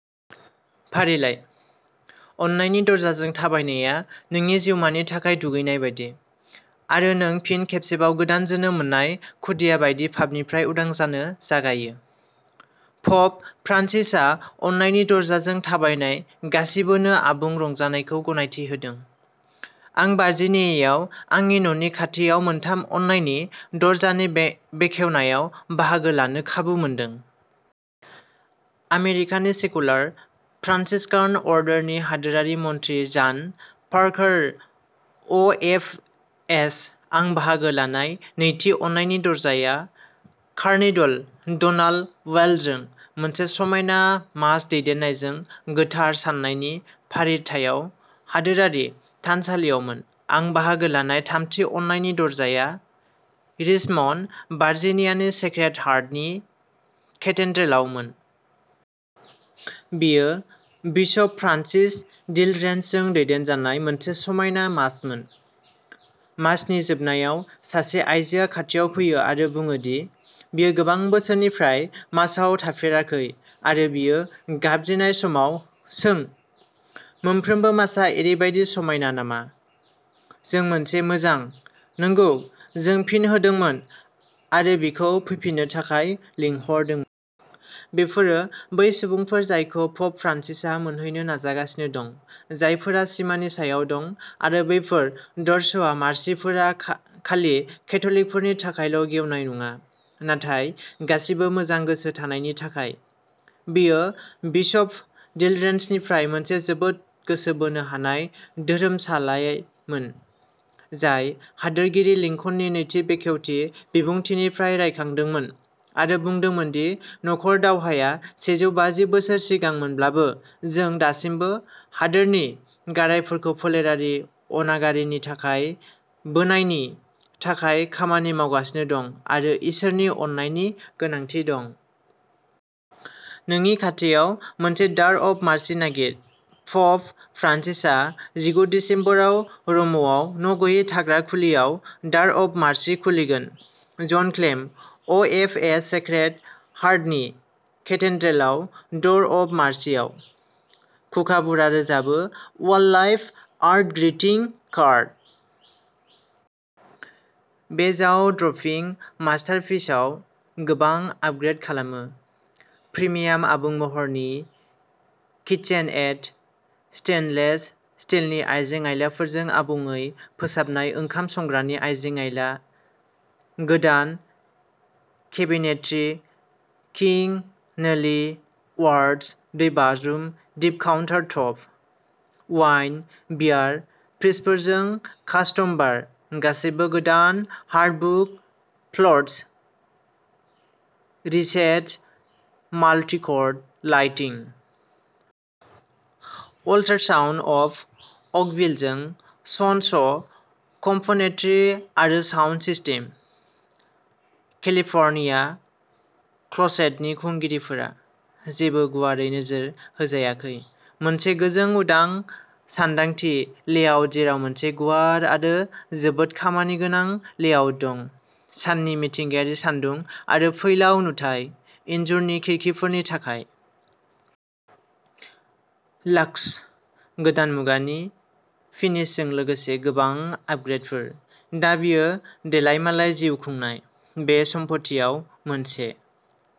फारिलाइ। अननायनि दरजाजों थाबायनाया नोंनि जिउमानि थाखाय दुगैनाय बायदि, आरो नों फिन खेबसेबाव गोदान जोनोम मोननाय खुदिया बायदि पापनिफ्राय उदां जानो जागायो। प'प फ्रान्सिसआ अननायनि दरजाजों थाबायनाय गासिबोनो आबुं रंजानायखौ गनायथि होदों। आं भार्जिनियायाव आंनि न'नि खाथियाव मोनथाम अननायनि दरजानि बे बेखेवनायाव बाहागो लानो खाबु मोनदों। आमेरिकानि सेकुलार फ्रान्सिस्कान अर्डारनि हादोरारि मन्थ्रि-जान पार्कार, अ. एफ. एस. आं बाहागो लानाय नैथि अननायनि दरजाया कारनिडल ड'नाल्ड उवालजों मोनसे समायना मास दैदेननायजों गोथार साननायनि फालिथायाव हादोरारि थानसालियावमोन। आं बाहागो लानाय थामथि अननायनि दरजाया रिचमन्ड, भार्जिनियानि सेक्रेड हार्टनि केथेड्रेलआवमोन। बेयो बिशप फ्रान्सिस डिल'रेन्ज'जों दैदेनजानाय मोनसे समायना मासमोन। मासनि जोबनायाव सासे आयजोआ खाथियाव फैयो आरो बुङो दि बियो गोबां बोसोरफोरनिफ्राय मासआव थाफेराखै आरो बियो गाबज्रिनाय समाव सों "मोनफ्रोमबो मासआ ओरैबायदि समायना नामा?" जों मोनसे मोजां "नंगौ" जों फिन होदोंमोन आरो बिखौ फैफिननो थाखाय लिंहरदोंमोन। बेफोरो बै सुबुंफोर जायखौ प'प फ्रान्सिसआ मोनहैनो नाजागासिनो दं-जायफोरा सिमानि सायाव दं-आरो बेफोर दर'र्सआ मार्सिफोरा खालि केथ'लिकफोरनि थाखायल'गेवनाय नङा, नाथाय गासिबो मोजां गोसो थानायफोरनि थाखाय। बेयो बिशप डिल'रेन्ज'निफ्रायबो मोनसे जोबोद गोसो बोनो हानाय धोरोमसालायैमोन, जाय हादोरगिरि लिंकननि नैथि बेखेवथि बिबुंथिनिफ्राय रायखांदोंमोन, आरो बुंदोंमोन दि नखर दावहाया सेजौ बाजि बोसोर सिगांमोनब्लाबो, जों दासिमबो "हादोरनि गारायफोरखौ फोलेरारि अनागारिनि थाखाय बोनायनि" थाखाय खामानि मावगासिनो दं आरो इसोरनि अननायनि गोनांथि दं। नोंनि खाथियाव मोनसे दार अफ मार्सि नागिर प'प फ्रान्सिसआ जिगु दिसेम्बराव र'मआव न'गैयै थाग्रा खुलियाव दार अफ मार्सि खुलिगोन। जन क्लेम, अ. एफ. एस. सेक्रेड हार्टनि केथेड्रेलआव दर अफ मार्सिआव।'कुकाबुरा रोजाबो'वाइल्डलाइफ आर्ट ग्रीटिं कार्ड। बे जाव ड्रपिं मास्टारपिसआव गोबां आपग्रेड खालामो। प्रिमियाम आबुं महरनि किचेनएड स्टेइनलेस स्टीलनि आइजें-आइलाफोरजों आबुङै फोसाबनाय ओंखाम संग्रानि आइजें-आइला। गोदान केबिनेट्रि किं, नोलि वार्टज दैबाज्रुम दिप काउन्टार टप। वाइन बियार फ्रिजफोरजों कास्टम बार। गासैबो गोदान hardwood floors recessed multicoloured lighting. Altered sound of अकभिलजों सन'स कम्पोनेन्ट्रि आरो साउन्ड सिस्टेम। केलिफ'र्निया क्ल'सेटनि खुंगिरिफोरा। जेबो गुवारै नोजोर होजायाखै। मोनसे गोजों, उदां सानदांथि लेआउट जेराव मोनसे गुवार आरो जोबोद खामानिगोनां लेआउट दं। साननि मिथिंगायारि सानदुं आरो फैलाव नुथाय, इनजुरनि खिरखिफोरनि थाखाय। लाक्स, गोदान मुगानि फिनिशजों लोगोसे गोबां आपग्रेडफोर। दा बेयो देलायमालाय जिउ खुंनाय बे सम्फथियाव मोनसे।